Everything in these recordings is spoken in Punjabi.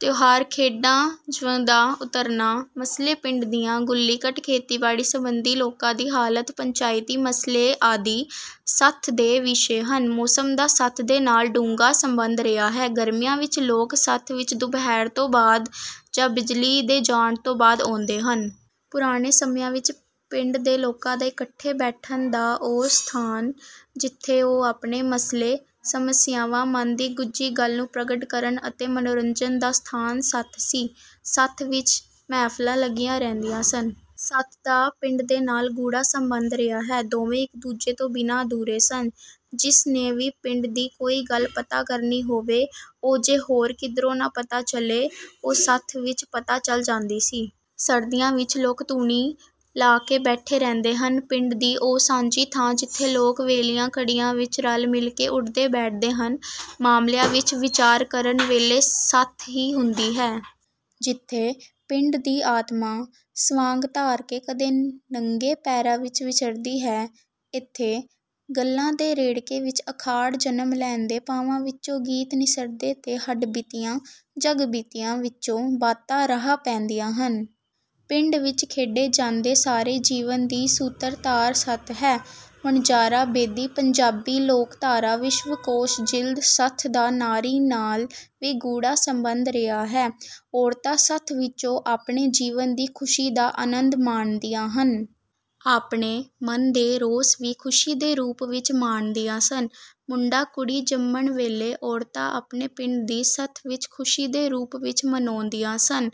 ਤਿਉਹਾਰ ਖੇਡਾਂ ਜੰਞ ਦਾ ਉਤਰਨਾ ਮਸਲੇ ਪਿੰਡ ਦੀਆਂ ਗੁੱਲੀਘਟ ਖੇਤੀਬਾੜੀ ਸੰਬੰਧੀ ਲੋਕਾਂ ਦੀ ਹਾਲਤ ਪੰਚਾਇਤੀ ਮਸਲੇ ਆਦਿ ਸੱਥ ਦੇ ਵਿਸ਼ੇ ਹਨ। ਮੌਸਮ ਦਾ ਸੱਥ ਦੇ ਨਾਲ ਡੂੰਘਾ ਸੰਬੰਧ ਰਿਹਾ ਹੈ। ਗਰਮੀਆਂ ਵਿੱਚ ਲੋਕ ਸੱਥ ਵਿੱਚ ਦੁਪਾਹਿਰ ਤੋਂ ਬਾਅਦ ਜਾਂ ਬਿਜਲੀ ਦੇ ਜਾਣ ਤੋਂ ਬਾਅਦ ਆਉਂਦੇ ਹਨ। ਪੁਰਾਣੇ ਸਮਿਆਂ ਵਿੱਚ ਪਿੰਡ ਦੇ ਲੋਕਾਂ ਦਾ ਇੱਕਠੇ ਬੈਠਣ ਦਾ ਉਹ ਸਥਾਨ ਜਿੱਥੇ ਉਹ ਆਪਣੇ ਮਸਲੇ ਸਮੱਸਿਆਵਾਂ ਮਨ ਦੀ ਗੁੱਝੀ ਗੱਲ ਨੂੰ ਪ੍ਰਗਟ ਕਰਨ ਅਤੇ ਮਨੋਰੰਜਨ ਦਾ ਸਥਾਨ ਸੱਥ ਸੀ। ਸੱਥ ਵਿੱਚ ਮਹਿਫਲਾਂ ਲੱਗੀਆਂ ਰਹਿੰਦੀਆਂ ਸਨ। ਸੱਥ ਦਾ ਪਿੰਡ ਦੇ ਨਾਲ ਗੂੜ੍ਹਾ ਸੰਬੰਧ ਰਿਹਾ ਹੈ। ਦੋਵੇਂ ਇੱਕ ਦੂਜੇ ਤੋਂ ਬਿਨ੍ਹਾਂ ਅਧੂਰੇ ਸਨ। ਜਿਸ ਨੇ ਵੀ ਪਿੰਡ ਦੀ ਕੋਈ ਗੱਲ ਪਤਾ ਕਰਨੀ ਹੋਵੇ ਉਹ ਜੇ ਹੋਰ ਕਿਧਰੋਂ ਨਾ ਪਤਾ ਚਲੇ ਉਹ ਸੱਥ ਵਿੱਚ ਪਤਾ ਚਲ ਜਾਂਦੀ ਸੀ। ਸਰਦੀਆਂ ਵਿੱਚ ਲੋਕ ਧੂਣੀ ਲਾ ਕੇ ਬੈਠੇ ਰਹਿੰਦੇ ਹਨ। ਪਿੰਡ ਦੀ ਉਹ ਸਾਂਝੀ ਥਾਂ ਜਿੱਥੇ ਲੋਕ ਵਿਹਲੀਆਂ ਘੜੀਆਂ ਵਿੱਚ ਰਲ ਮਿਲ ਕੇ ਉਠਦੇ ਬੈਠਦੇ ਹਨ। ਮਾਮਲਿਆਂ ਵਿੱਚ ਵਿਚਾਰ ਕਰਨ ਵੇਲੇ ਸੱਥ ਹੀ ਹੁੰਦੀ ਹੈ। ਜਿੱਥੇ ਪਿੰਡ ਦੀ ਆਤਮਾ ਸਵਾਂਗ ਧਾਰ ਕੇ ਕਦੇ ਨੰਗੇ ਪੈਰਾਂ ਵਿੱਚ ਵਿਚਰਦੀ ਹੈ। ਇੱਥੇ ਗੱਲਾਂ ਦੇ ਰੇੜਕੇ ਵਿੱਚ ਅਖਾਣ ਜਨਮ ਲੈਂਦੇ ਭਾਵਾਂ ਵਿੱਚੋਂ ਗੀਤ ਨਿਸਰਦੇ ਤੇ ਹੱਡ ਬੀਤੀਆਂ ਜੱਗ ਬੀਤੀਆਂ ਵਿੱਚੋਂ ਬਾਤਾਂ ਰਾਹ ਪੈਂਦੀਆਂ ਹਨ। ਪਿੰਡ ਵਿੱਚ ਖੇਡੇ ਜਾਂਦੇ ਸਾਰੇ ਜੀਵਨ ਦੀ ਸੂਤਰਧਾਰ ਸੱਥ ਹੈ। ਵਣਜਾਰਾ ਬੇਦੀ ਪੰਜਾਬੀ ਲੋਕਧਾਰਾ ਵਿਸ਼ਵ ਕੋਸ਼ ਜਿਲਦ ਸੱਥ ਦਾ ਨਾਰੀ ਨਾਲ ਵੀ ਗੂੜ੍ਹਾ ਸੰਬੰਧ ਰਿਹਾ ਹੈ। ਔਰਤਾਂ ਸੱਥ ਵਿੱਚੋਂ ਆਪਣੇ ਜੀਵਨ ਦੀ ਖੁਸ਼ੀ ਦਾ ਆਨੰਦ ਮਾਣਦੀਆਂ ਹਨ। ਆਪਣੇ ਮਨ ਦੇ ਰੋਸ ਵੀ ਖੁਸ਼ੀ ਦੇ ਰੂਪ ਵਿੱਚ ਮਾਣਦੀਆਂ ਸਨ। ਮੁੰਡਾ ਕੁੜੀ ਜੰਮਣ ਵੇਲੇ ਔਰਤਾਂ ਆਪਣੇ ਪਿੰਡ ਦੀ ਸੱਥ ਵਿੱਚ ਖੁਸ਼ੀ ਦੇ ਰੂਪ ਵਿੱਚ ਮਨਾਉਂਦੀਆਂ ਸਨ।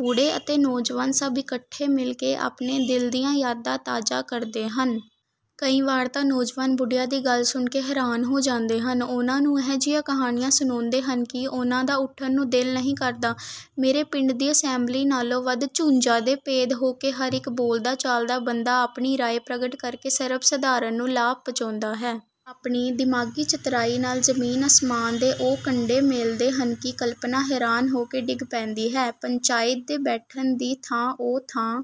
ਬੁੱਢੇ ਅਤੇ ਨੌਜਵਾਨ ਸਭ ਇੱਕਠੇ ਮਿਲ ਕੇ ਆਪਣੇ ਦਿਲ ਦੀਆਂ ਯਾਦਾਂ ਤਾਜ਼ਾ ਕਰਦੇ ਹਨ। ਕਈ ਵਾਰ ਤਾਂ ਨੌਜਵਾਨ ਬੁੱਢਿਆਂ ਦੀ ਗੱਲ ਸੁਣ ਕੇ ਹੈਰਾਨ ਹੋ ਜਾਂਦੇ ਹਨ ਉਨ੍ਹਾਂ ਨੂੰ ਅਜਿਹੀਆਂ ਕਹਾਣੀਆਂ ਸੁਣਾਉਂਦੇ ਹਨ ਕਿ ਉਨ੍ਹਾਂ ਦਾ ਉਠਣ ਨੂੰ ਦਿਲ ਨਹੀਂ ਕਰਦਾ। ਮੇਰੇ ਪਿੰਡ ਦੀ ਅਸੈਂਬਲੀ ਨਾਲੋਂ ਵੱਧ ਚੁੰਝਾ ਦੇ ਭੇਦ ਹੋ ਕੇ ਹਰ ਇੱਕ ਬੋਲਦਾ ਚਾਲਦਾ ਬੰਦਾ ਆਪਣੀ ਰਾਇ ਪ੍ਰਗਟ ਕਰਕੇ ਸਰਬ ਸਧਾਰਨ ਨੂੰ ਲਾਭ ਪਹੁੰਚਾਉਂਦਾ ਹੈ। ਆਪਣੀ ਦਿਮਾਗੀ ਚਤਰਾਈ ਨਾਲ ਜ਼ਮੀਨ ਅਸਮਾਨ ਦੇ ਉਹ ਕੁੰਡੇ ਮੇਲਦੇ ਹਨ ਕਿ ਕਲਪਨਾ ਹੈਰਾਨ ਹੋ ਕੇ ਡਿੱਗ ਪੈਂਦੀ ਹੈ। ਪੰਚਾਇਤ ਦੇ ਬੈਠਣ ਦੀ ਥਾਂ ਉਹ ਥਾਂ